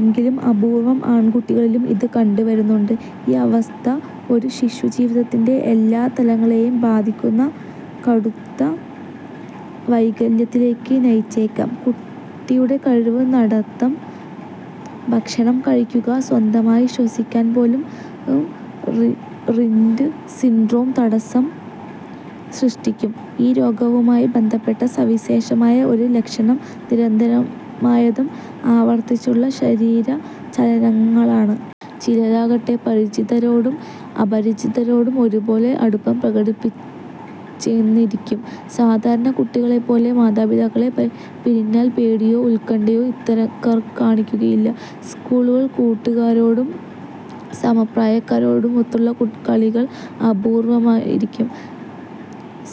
എങ്കിലും അപൂര്വ്വം ആൺകുട്ടികളിലും ഇത് കണ്ടു വരുന്നുണ്ട്. ഈ അവസ്ഥ ഒരു ശിശു ജീവിതത്തിന്റെ എല്ലാ തലങ്ങളെയും ബാധിക്കുന്ന കടുത്ത വൈകല്യത്തിലേക്ക് നയിച്ചേക്കാം. കുട്ടിയുടെ കഴിവ്, നടത്തം, ഭക്ഷണം കഴിക്കുക, സ്വന്തമായി ശ്വസിക്കാൻ പോലും റിറ്റ് സിൻഡ്രോം തടസ്സം സൃഷ്ടിക്കും. ഈ രോഗവുമായി ബന്ധപ്പെട്ട സവിശേഷമായ ഒരു ലക്ഷണം നിരന്തരമായതും ആവർത്തിച്ചുള്ള ശരീര ചലനങ്ങളാണ്. ചിലരാകട്ടെ പരിചിതരോടും അപരിചിതരോടും ഒരുപോലെ അടുപ്പം പ്രകടിപ്പിച്ചെന്നിരിക്കും. സാധാരണ കുട്ടികളെപ്പോലെ, മാതാപിതാക്കളെ പിരിഞ്ഞാൽ പേടിയോ ഉത്കണ്ഠയോ ഇത്തരക്കാർ കാണിക്കുകയില്ല. സ്കൂളിൽ കൂട്ടുകാരോടും സമപ്രായക്കാരോടുമൊത്തുള്ള കളികൾ അപൂർവമായിരിക്കും.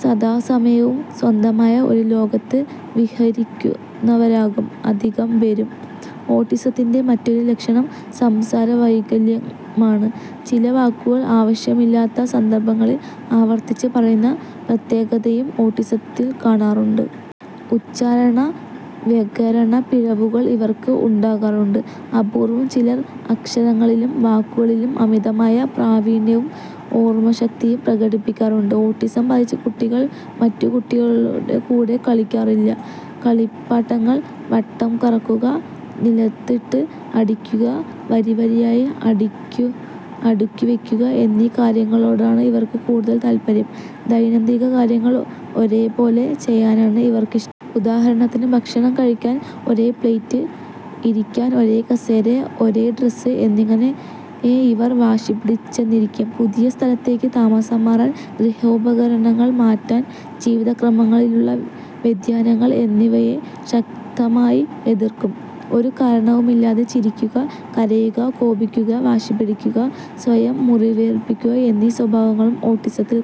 സദാസമയവും സ്വന്തമായ ഒരു ലോകത്ത് വിഹരിക്കുന്നവരാകും അധികം പേരും. ഓട്ടിസത്തിൻെറ മറ്റൊരു ലക്ഷണം സംസാരവൈകല്യമാണ്. ചില വാക്കുകൾ ആവശ്യമില്ലാത്ത സന്ദർഭങ്ങളിൽ ആവർത്തിച്ച് പറയുന്ന പ്രത്യേകതയും ഓട്ടിസത്തിൽ കാണാറുണ്ട്. ഉച്ചാരണ, വ്യകരണ പിഴവുകൾ ഇവർക്ക് ഉണ്ടാകാറുണ്ട്. അപൂർവം ചിലർ അക്ഷരങ്ങളിലും വാക്കുകളിലും അമിതമായ പ്രാവീണ്യവും ഓർമശക്തിയും പ്രകടിപ്പിക്കാറുണ്ട്. ഓട്ടിസം ബാധിച്ച കുട്ടികൾ മറ്റു കുട്ടികളുടെ കൂടെ കളിക്കാറില്ല. കളിപ്പാട്ടങ്ങൾ വട്ടംകറക്കുക, നിലത്തിട്ട് അടുക്കി അടിക്കുക, വരിവരിയായി അടുക്കിവെക്കുക എന്നീ കാര്യങ്ങളോടാണ് ഇവർക്ക് കൂടുതൽ താൽപര്യം. ദൈനംദിന കാര്യങ്ങൾ ഒരേപോലെ ചെയ്യാനാണ് ഇവർക്കിഷ്ടം. ഉദാഹരണത്തിന് ഭക്ഷണം കഴിക്കാൻ ഒരേ പ്ളേറ്റ്, ഇരിക്കാൻ ഒരേ കസേര, ഒരേ ഡ്രസ് എന്നിങ്ങനെ ഇവർ വാശിപിടിച്ചെന്നിരിക്കും. പുതിയ സ്ഥലത്തേക്ക് താമസം മാറൽ, ഗൃഹോപകരണങ്ങൾ മാറ്റൽ, ജീവിതക്രമങ്ങളിലുള്ള വ്യതിയാനങ്ങൾ എന്നിവയെ ശക്തിയായി എതിർക്കും. ഒരു കാരണവുമില്ലാതെ ചിരിക്കുക, കരയുക, കോപിക്കുക, വാശിപിടിക്കുക, സ്വയം മുറിവേൽപിക്കുക എന്നീ സ്വഭാവങ്ങളും ഓട്ടിസത്തിൽ കാണാം.